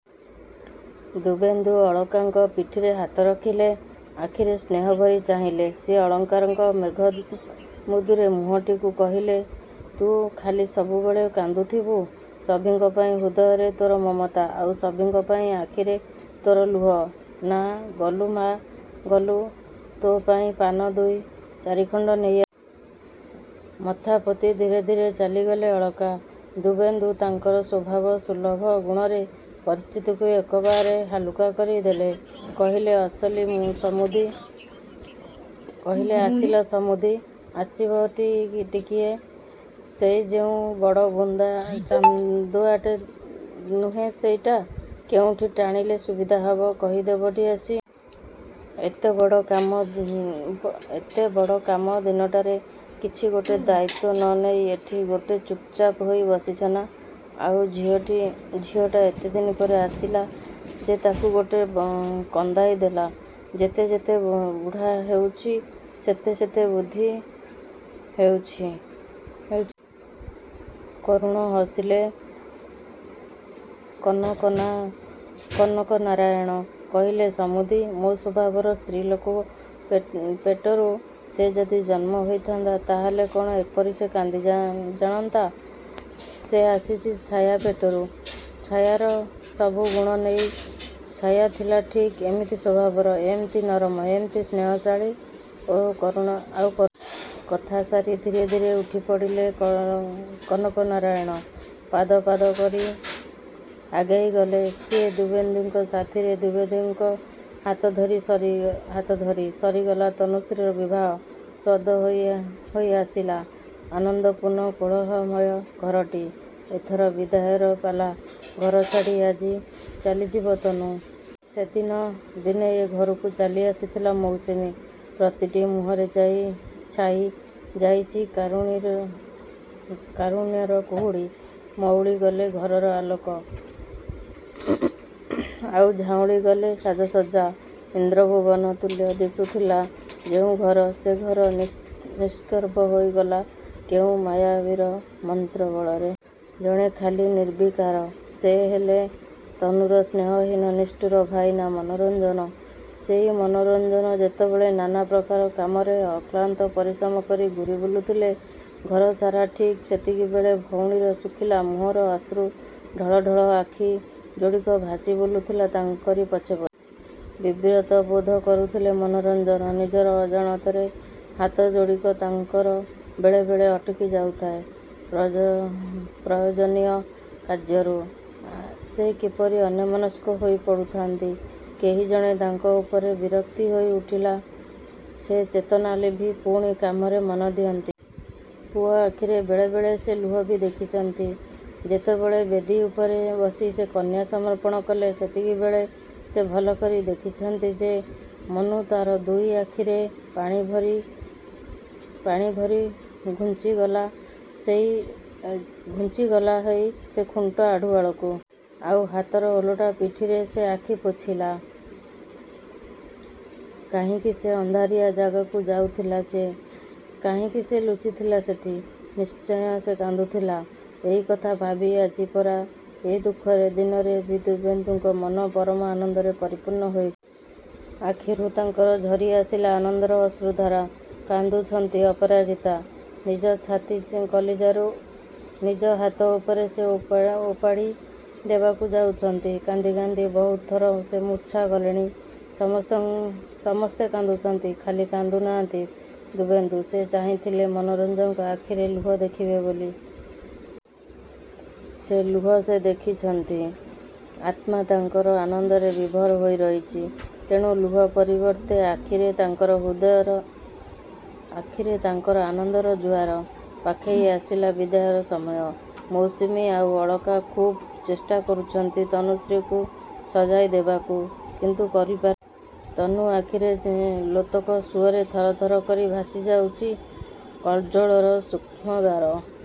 ଦିବ୍ୟେନ୍ଦୁ ଅଳଙ୍କକ ପିଠିରେ ହାତ ରଖିଲେ। ଆଖିରେ ସ୍ନେହ ଭରି ଚାହିଁଲେ ସିଏ ଅଳକାଙ୍କର ମେଘ ମେଦୁର ମୁହଁଟିକୁ। କହିଲେ ତୁ ଖାଲି ସବୁବେଳେ କାନ୍ଦୁଥିବୁ? ସଭିଙ୍କ ପାଇଁ ହୃଦୟରେ ତୋର ମମତା, ଆଉ ସଭିଙ୍କ ପାଇଁ ଆଖିରେ ତୋର ଲୁହ। ନା, ଗଲୁ ମା', ଗଲୁ, ତୋ ପାଇଁ ପାନ ଦୁଇ ଚାରିଖଣ୍ଡ ନେଇ ଆସିବୁ। ମଥା ପୋତି ଧୀରେ ଧୀରେ ଚାଲିଗଲେ ଅଳକା। ଦିବ୍ୟେନ୍ଦୁ ତାଙ୍କର ସ୍ୱଭାବ ସୁଲଭ ଗୁଣରେ ପରିସ୍ଥିତିକୁ ଏକବାରେ ହାଲୁକା କରି ଦେଲେ। କହିଲେ ଅସଲି ଆସିଲ ସମୁଦି, ଆସିବଟି ଟିକିଏ। ସେଇ ଯେଉଁ ବଡ଼ ବୁନ୍ଦା ଚାନ୍ଦୁଆଟା ନୁହେଁ ସେଇଟା କେଉଁଠି ଟାଙ୍ଗିଲେ ସୁବିଧା ହେବ କହିଦେବଟି ଆସି। ଏଡ଼େ ବଡ଼ କାମ ଦିନଟାରେ କିଛି ଗୋଟେ ଦାୟିତ୍ୱ ନ ନେଇ ଏଠି ଗୋଟେ ଚୁପ୍‌ଚାପ୍ ହୋଇ ବସିଛନା? ଆଉ ଝିଅଟା ଏତେଦିନ ପରେ ଆସିଲା ଯେ ତାକୁ ଗୋଟେ କନ୍ଦାଇ ଦେଲା। ଯେତେ ଯେତେ ବୁଢ଼ା ହେଉଛି ସେତେ ସେତେ ବୁଦ୍ଧି ହେଉଛି। କରୁଣ ହସିଲେ କନକନାରାୟଣ। କହିଲେ ସମୁଦି, ମୋ ସ୍ୱଭାବର ସ୍ତ୍ରୀଲୋକ ପେଟରୁ ସେ ଯଦି ଜନ୍ମ ହୋଇଥାନ୍ତା, ତାହେଲେ କ'ଣ ଏପରି ସେ କାନ୍ଦି ଜାଣନ୍ତା? ସେ ଆସିଛି ଛାୟା ପେଟରୁ। ଛାୟାର ସବୁ ଗୁଣ ନେଇ। ଛାୟା ଥିଲା ଠିକ୍ ଏମିତି ସ୍ୱଭାବର। ଏମିତି ନରମ, ଏମିତି ସ୍ନେହଶାଳୀ, ଆଉ କରୁଣମୟୀ। କଥା ସାରି ଧୀରେ ଧୀରେ ଉଠି ପଡ଼ିଲେ କନକନାରାୟଣ। ପାଦ ପାଦ କରି ଆଗେଇ ଗଲେ ସିଏ ଦିବ୍ୟେନ୍ଦୁଙ୍କ ସାଥିରେ ଦିବ୍ୟେନ୍ଦୁଙ୍କ ହାତ ଧରି। ସରିଗଲା ତନୁଶ୍ରୀର ବିବାହ। ସ୍ତବ୍ଧ ହୋଇ ଆସିଲା ଆନନ୍ଦପୂର୍ଣ୍ଣ କୋଳାହଳମୟ ଘରଟି। ଏଥର ବିଦାୟର ପାଲା। ଘର ଛାଡ଼ି ଆଜି ଚାଲିଯିବ ତନୁ। ଯେମିତି ଦିନେ ଏ ଘରକୁ ଚାଲି ଆସିଥିଲା ମୌସୁମୀ। ପ୍ରତିଟି ମୁହଁରେ ଛାଇ ଯାଇଛି କାରୁଣ୍ୟର କୁହୁଡ଼ି। ମଉଳି ଗଲେ ଘରର ଆଲୋକ, ଆଉ ଝାଉଁଳି ଗଲେ ସାଜସଜ୍ଜା। ଇନ୍ଦ୍ରଭୁବନ ତୁଲ୍ୟ ଦିଶୁଥିଲା ଯେଉଁ ଘର, ସେ ଘର ନିଷ୍ପ୍ରଭ ହୋଇ ଗଲା କେଉଁ ମାୟାବୀର ମନ୍ତ୍ର ବଳରେ। ଜଣେ ଖାଲି ନିର୍ବିକାର। ସେ ହେଲେ ତନୁର ସ୍ନେହହୀନ, ନିଷ୍ଠୁର ଭାଇନା ମନୋରଞ୍ଜନ। ସେଇ ମନୋରଞ୍ଜନ ଯେତେବେଳେ ନାନା ପ୍ରକାର କାମରେ ଅକ୍ଳାନ୍ତ ପରିଶ୍ରମ କରି ଘୂରି ବୁଲୁଥିଲେ ଘର ସାରା, ଠିକ୍ ସେତିକିବେଳେ ଭଉଣୀର ଶୁଖିଲା ମୁହଁର ଅଶ୍ରୁ ଢଳ ଢଳ ଆଖି ଯୋଡ଼ିକ ଭାସି ବୁଲୁଥିଲା ତାଙ୍କରି ପଛେ ପଛେ। ବିବ୍ରତ ବୋଧ କରୁଥିଲେ ମନୋରଞ୍ଜନ ନିଜର ଅଜାଣତରେ। ହାତ ଯୋଡ଼ିକ ତାଙ୍କର ବେଳେ ବେଳେ ଅଟକି ଯାଉଥାଏ ପ୍ରଯୋ ପ୍ରୟୋଜନୀୟ କାର୍ଯ୍ୟରୁ। ସେ କିପରି ଅନ୍ୟମନସ୍କ ହୋଇ ପଡ଼ୁଥାନ୍ତି। କେହି ଜଣେ ତାଙ୍କ ଉପରେ ବିରକ୍ତି ହୋଇ ଉଠିଲା ସେ ଚେତନା ଲିଭି ପୁଣି କାମରେ ମନ ଦିଅନ୍ତି। ପୁଅ ଆଖିରେ ବେଳେ ବେଳେ ସେ ଲୁହ ବି ଦେଖିଛନ୍ତି। ଯେତେବେଳେ ବେଦୀ ଉପରେ ବସି ସେ କନ୍ୟା ସମର୍ପଣ କଲେ, ସେତିକିବେଳେ ସେ ଭଲ କରି ଦେଖିଛନ୍ତି ଯେ, ମନୁ ତା'ର ଦୁଇ ଆଖିରେ ପାଣି ଭରି ଘୁଞ୍ଜି ଗଲା ହେଇ ସେ ଖୁଣ୍ଟ ଆଢ଼ୁଆଳକୁ। ଆଉ ହାତର ଓଲଟା ପିଠିରେ ସେ ଆଖି ପୋଛିଲା। କାହିଁକି ସେ ଅନ୍ଧାରିଆ ଜାଗାକୁ ଯାଉ ଥିଲା ସିଏ। କାହିଁକି ସେ ଲୁଚିଥିଲା ସେଠି। ନିଶ୍ଚୟ ସେ କାନ୍ଦୁଥିଲା। ଏଇ କଥା ଭାବି ଆଜି ପରା ଏଇ ଦୁଃଖରେ ଦିନରେ ବି ଦିବ୍ୟେନ୍ଦୁଙ୍କ ମନ ପରମ ଆନନ୍ଦରେ ପରିପୂର୍ଣ୍ଣ ହୋଇ ଗଲା। ଆଖିରୁ ତାଙ୍କର ଝରି ଆସିଲା ଆନନ୍ଦର ଅଶ୍ରୁଧାରା। କାନ୍ଦୁଛନ୍ତି ଅପରାଜିତା। ନିଜ ଛାତି କଲିଜାରୁ ନିଜ ହାତ ଉପରେ ସେ ଓପାଡ଼ି ଦେବାକୁ ଯାଉଛନ୍ତି। କାନ୍ଦି କାନ୍ଦି ବହୁତ ଥର ସେ ମୂର୍ଚ୍ଛା ଗଲେଣି। ସମସ୍ତେ କାନ୍ଦୁଛନ୍ତି। ଖାଲି କାନ୍ଦୁ ନାହାନ୍ତି ଦିବ୍ୟେନ୍ଦୁ। ସେ ଚାହିଁଥିଲେ ମନୋରଞ୍ଜନଙ୍କ ଆଖିରେ ଲୁହ ଦେଖିବେ ବୋଲି। ସେ ଲୁହ ସେ ଦେଖିଛନ୍ତି। ଆତ୍ମା ତାଙ୍କର ଆନନ୍ଦରେ ବିଭୋର ହୋଇ ରହିଛି। ତେଣୁ ଲୁହ ପରିବର୍ତ୍ତେ ଆଖିରେ ତାଙ୍କର ହୃଦୟର ଆନନ୍ଦର ଜୁଆର। ପାଖେଇ ଆସିଲା ବିଦାୟର ସମୟ। ମୌସୁମୀ ଆଉ ଅଳକା ଖୁବ୍ ଚେଷ୍ଟା କରୁଛନ୍ତି ତନୁଶ୍ରୀକୁ ସଜାଇ ଦେବାକୁ କିନ୍ତୁ ପାରୁ। ତନୁ ଆଖିରେ ଲୋତକ ସୁଅରେ ଥର ଥର କରି ଭାସି ଯାଉଛି କଜ୍ଜଳର ସୂକ୍ଷ୍ମଗାର।